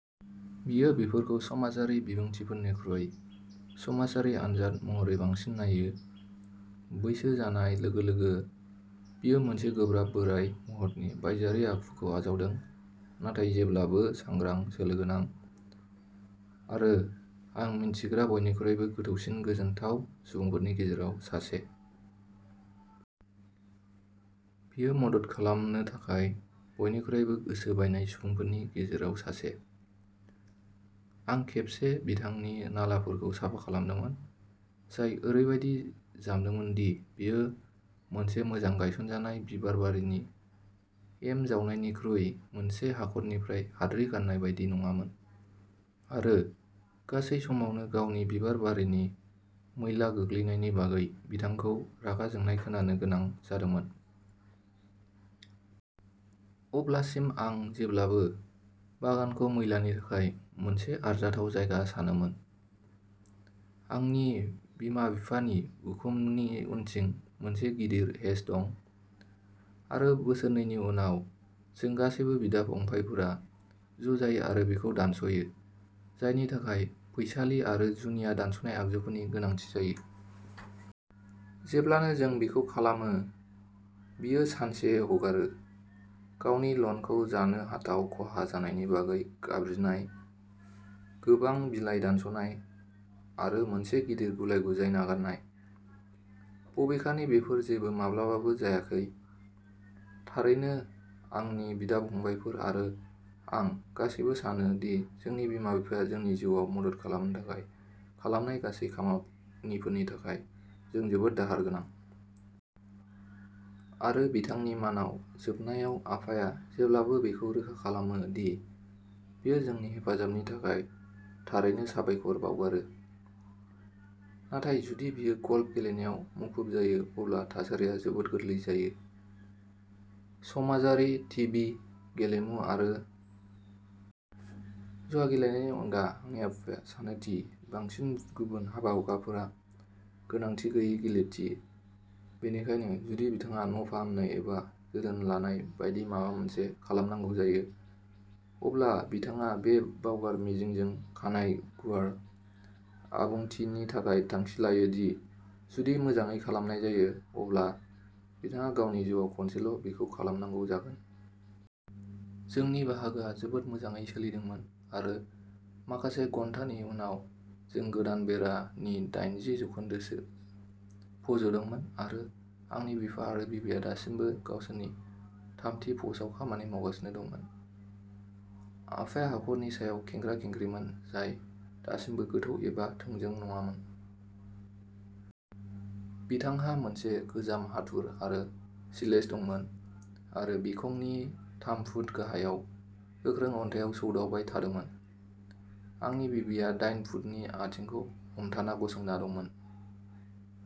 बियो बेफोरखौ समाजारि बिबुंथिफोरनिख्रुइ समाजारि आनजाद महरै बांसिन नायो। बैसो जानाय लोगो-लोगो बियो मोनसे गोब्राब बोराय महरनि बायजोआरि आखुखौ आजावदों, नाथाय जेब्लाबो सांग्रां, सोलो गोनां आरो आं मिन्थिग्रा बयनिख्रुइबो गोथौसिन गोजोनथाव सुबुंफोरनि गेजेराव सासे। बियो मदद खालामनो थाखाय बयनिख्रुइबो गोसो बायनाय सुबुंफोरनि गेजेराव सासे। आं खेबसे बिथांनि नालाफोरखौ साफा खालामदोंमोन, जाय ओरैबायदि जामदोंमोन दि बेयो मोनसे मोजां गायसनजानाय बिबारबारिनि एम जावनायनिख्रुइ मोनसे हाखरनिफ्राय हाद्रि गारनाय बायदि नङामोन आरो गासै समावनो गावनि बिबारबारिनि मैला गोग्लैनायनि बागै बिथांखौ रागा जोंनाय खोनानो गोनां जादोंमोन। अब्लासिम आं जेब्लाबो बागानखौ मैलानि थाखाय मोनसे आरजाथाव जायगा सानोमोन। आंनि बिमा-बिफानि उखुमनि उनथिं मोनसे गिदिर हेज दं आरो बोसोरनैनि उनाव जों गासैबो बिदा-फंबायफोरा ज' जायो आरो बेखौ दानस'यो, जायनि थाखाय फैसालि आरो जुनिया दानस'नाय आगजुफोरनि गोनांथि जायो। जेब्लानो जों बेखौ खालामो, बियो सानसे हगारो। गावनि लनखौ जानो हाथाव खहा जानायनि बागै गाबज्रिनाय, गोबां बिलाइ दानस'नाय आरो मोनसे गिदिर गुलाय-गुजाय नागारनाय, बबेखानि बेफोर जेबो माब्लाबाबो जायाखै। थारैनो, आंनि बिदा-फंबायफोर आरो आं गासैबो सानो दि जोंनि बिमा-बिफाया जोंनि जिउआव मदद खालामनो थाखाय खालामनाय गासै खामानिफोरनि थाखाय जों जोबोद दाहार गोनां। आरो बिथांनि मानाव जोबनायाव आफाया जेब्लाबो बेखौ रोखा खालामो दि बियो जोंनि हेफाजाबनि थाखाय थारैनो साबायखर बावगारो। नाथाय जुदि बियो गल्फ गेलेनायाव मुखुब जायो अब्ला थासारिया जोबोद गोरलै जायो। समाजारि, टिभि, गेलेमु आरो जुवा गेलेनायनि अनगा आंनि आफाया सानो दि बांसिन गुबुन हाबा-हुखाफोरा गोनांथि गैयै गिलिरथि, बेनिखायनो जुदि बिथाङा न' फाहामनाय एबा जोथोन लानाय बायदि माबा मोनसे खालामनांगौ जायो, अब्ला बिथाङा बे बावगार मिजिंजों खानाइ गुवार आबुंथिनि थाखाय थांखि लायो दि जुदि मोजाङै खालामनाय जायो अब्ला बिथाङा गावनि जिउआव खनसेल' बेखौ खालामनांगौ जागोन। जोंनि बाहागोआ जोबोद मोजाङै सोलिदोंमोन आरो माखासे घन्टानि उनाव जों गोदान बेरा नि दाइनजि जौखोन्दोसो फज'दोंमोन आरो आंनि बिफा आरो बिबैया दासिमबो गावसोरनि थामथि पस्टआव खामानि मावगासिनो दंमोन। आफाया हाखरनि सायाव खेंख्रा-खेंख्रिमोन, जाय दासिमबो गोथौ एबा थोंजों नङामोन। बिथांहा मोनसे गोजाम हाथुर आरो सिजेल दंमोन आरो बिखंनि थाम फुट गाहायाव गोख्रों अन्थाइआव सौदावबाय थादोंमोन। आंनि बिबैया डाइन फुटनि आथिंखौ हमथाना गसंना दंमोन।